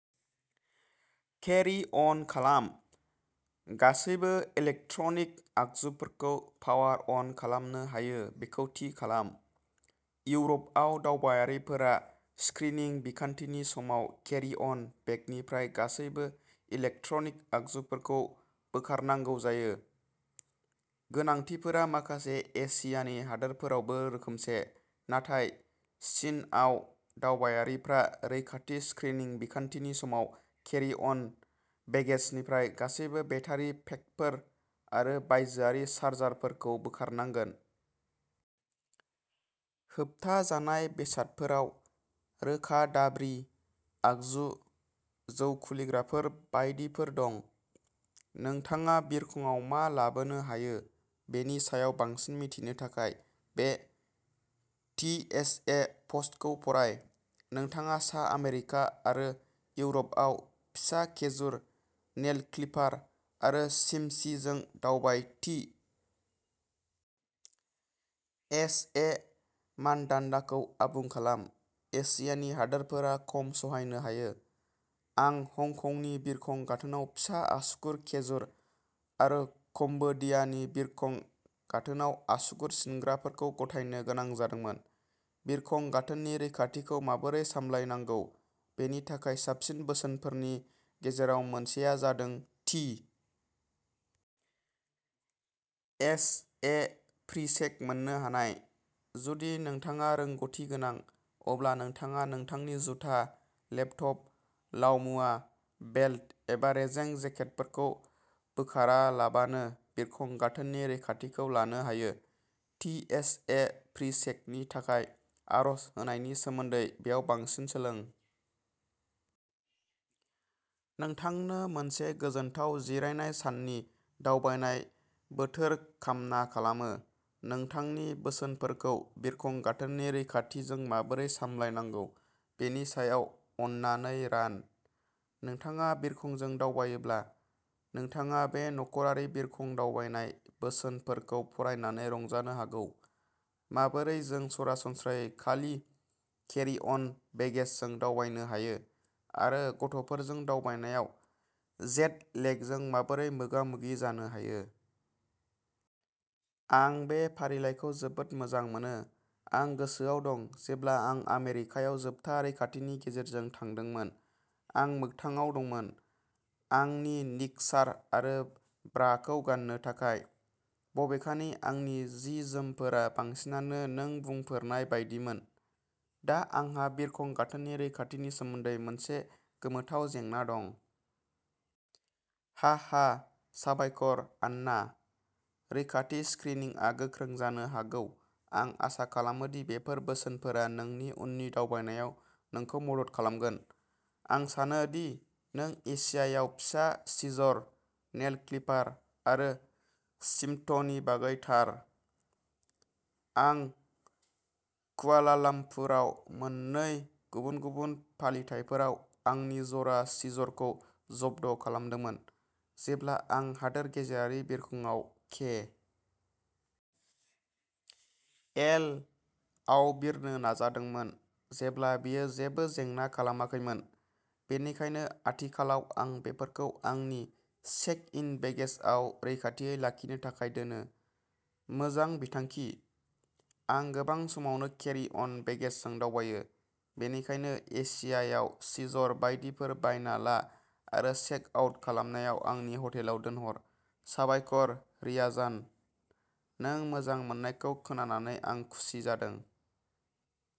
केरि-अन खालाम। गासैबो इलेक्ट्रनिक आगजुफोरखौ पावार-अन खालामनो हायो बेखौ थि खालाम। इउरपआव, दावबायारिफोरा स्क्रिनिं बिखान्थिनि समाव केरि-अन बेगनिफ्राय गासैबो इलेक्ट्रनिक आगजुफोरखौ बोखारनांगौ जायो। गोनांथिफोरा माखासे एसियानि हादोरफोरावबो रोखोमसे। नाथाय, चीनआव, दावबायारिफ्रा रैखाथि स्क्रिनिं बिखान्थिनि समाव केरि-अन बेगेजनिफ्राय गासैबो बेटारि पेकफोर आरो बायजोआरि चार्जारफोरखौ बोखारनांगोन। होबथाजानाय बेसादफोराव रोखा-दाब्रि, आगजु, जौ खुलिग्राफोर बायदिफोर दं। नोंथाङा बिरखंआव मा लाबोनो हायो बेनि सायाव बांसिन मिथिनो थाखाय बे टिएसए पस्टखौ फराय। नोंथाङा सा आमेरिका आरो इउरपआव फिसा खेजुर, नेल क्लिपार आरो चिमसिजों दावबाय टि. एस. ए. मानदान्दाखौ आबुं खालाम। एशियानि हादोरफोरा खम सहायनो हायो। आं हंकंनि बिरखं गाथोनाव फिसा आसुगुर खेजुर आरो कम्बोडियानि बिरखं गाथोनाव आसुगुर सिनग्राफोरखौ गथायनो गोनां जादोंमोन। बिरखं गाथोननि रैखाथिखौ माबोरै सामलायनांगौ बेनि थाखाय साबसिन बोसोनफोरनि गेजेराव मोनसेआ जादों टि. एस. ए. प्रिचेक मोन्नो हानाय। जुदि नोंथाङा रोंग'थि गोनां, अब्ला नोंथाङा नोंथांनि जुथा, लेपटप, लाव-मुवा, बेल्ट एबा रेजें जेकेटफोरखौ बोखारालाबानो बिरखं गाथोननि रैखाथिखौ लानो हायो। टि. एस. ए. प्रिचेकनि थाखाय आर'ज होनायनि सोमोन्दै बेयाव बांसिन सोलों। नोंथांनो मोनसे गोजोनथाव जिरायनाय साननि दावबायनाय बोथोर कामना खालामो! नोंथांनि बोसोनफोरखौ बिरखं गाथोननि रैखाथिजों माबोरै सामलायनांगौ बेनि सायाव अन्नानै रान। नोंथाङा बिरखंजों दावबायोब्ला, नोंथाङा बे नखरारि बिरखं दावबायनाय बोसोनफोरखौ फरायनानै रंजानो हागौ, माबोरै जों सरासनस्रायै खालि केरि-अन बेगेजजों दावबायनो हायो, आरो गथ'फोरजों दावबायनायाव जेट लेगजों माबोरै मोगा-मोगि जानो हायो। आं बे फारिलाइखौ जोबोद मोजां मोनो, आं गोसोआव दं जेब्ला आं आमेरिकायाव जोबथा रैखाथिनि गेजेरजों थांदोंमोन, आं मोगथाङाव दंमोन। आंनि निक्सार आरो ब्राखौ गाननो थाखाय। बबेखानि आंनि जि-जोमफोरा बांसिनानो नों बुंफोरनाय बायदिमोन। दा आंहा बिरखं गाथोननि रैखाथिनि सोमोन्दै मोनसे गोमोथाव जेंना दं। हाहा। साबायखर, आन्ना! रैखाथि स्क्रिनिंआ गोख्रों जानो हागौ-आं आसा खालामो दि बेफोर बोसोनफोरा नोंनि उननि दावबायनायाव नोंखौ मदद खालामगोन। आं सानो दि नों एसियायाव फिसा सिजर, नेल क्लिपार आरो चिम्टनि बागै थार। आं कुआलालाम्पुराव मोननै गुबुन-गुबुन फालिथायफोराव आंनि जरा सिजरखौ जब्द खालामदोंमोन, जेब्ला आं हादोर गेजेरारि बिरखंआव के. एल. आव बिरनो नाजादोंमोन, जेब्ला बेयो जेबो जेंना खालामाखैमोन। बेनिखायनो आथिखालाव, आं बेफोरखौ आंनि चेक-इन बेगेजआव रैखाथियै लाखिनो थाखाय दोनो। मोजां बिथांखि! आं गोबां समावनो केरि-अन बेगेजजों दावबायो, बेनिखायनो एसियायाव सिजर बायदिफोर बायना ला आरो चेक-आउट खालामनायाव आंनि हटेलाव दोनहर। साबायखर, रियाजान! नों मोजां मोननायखौ खोनानानै आं खुसि जादों।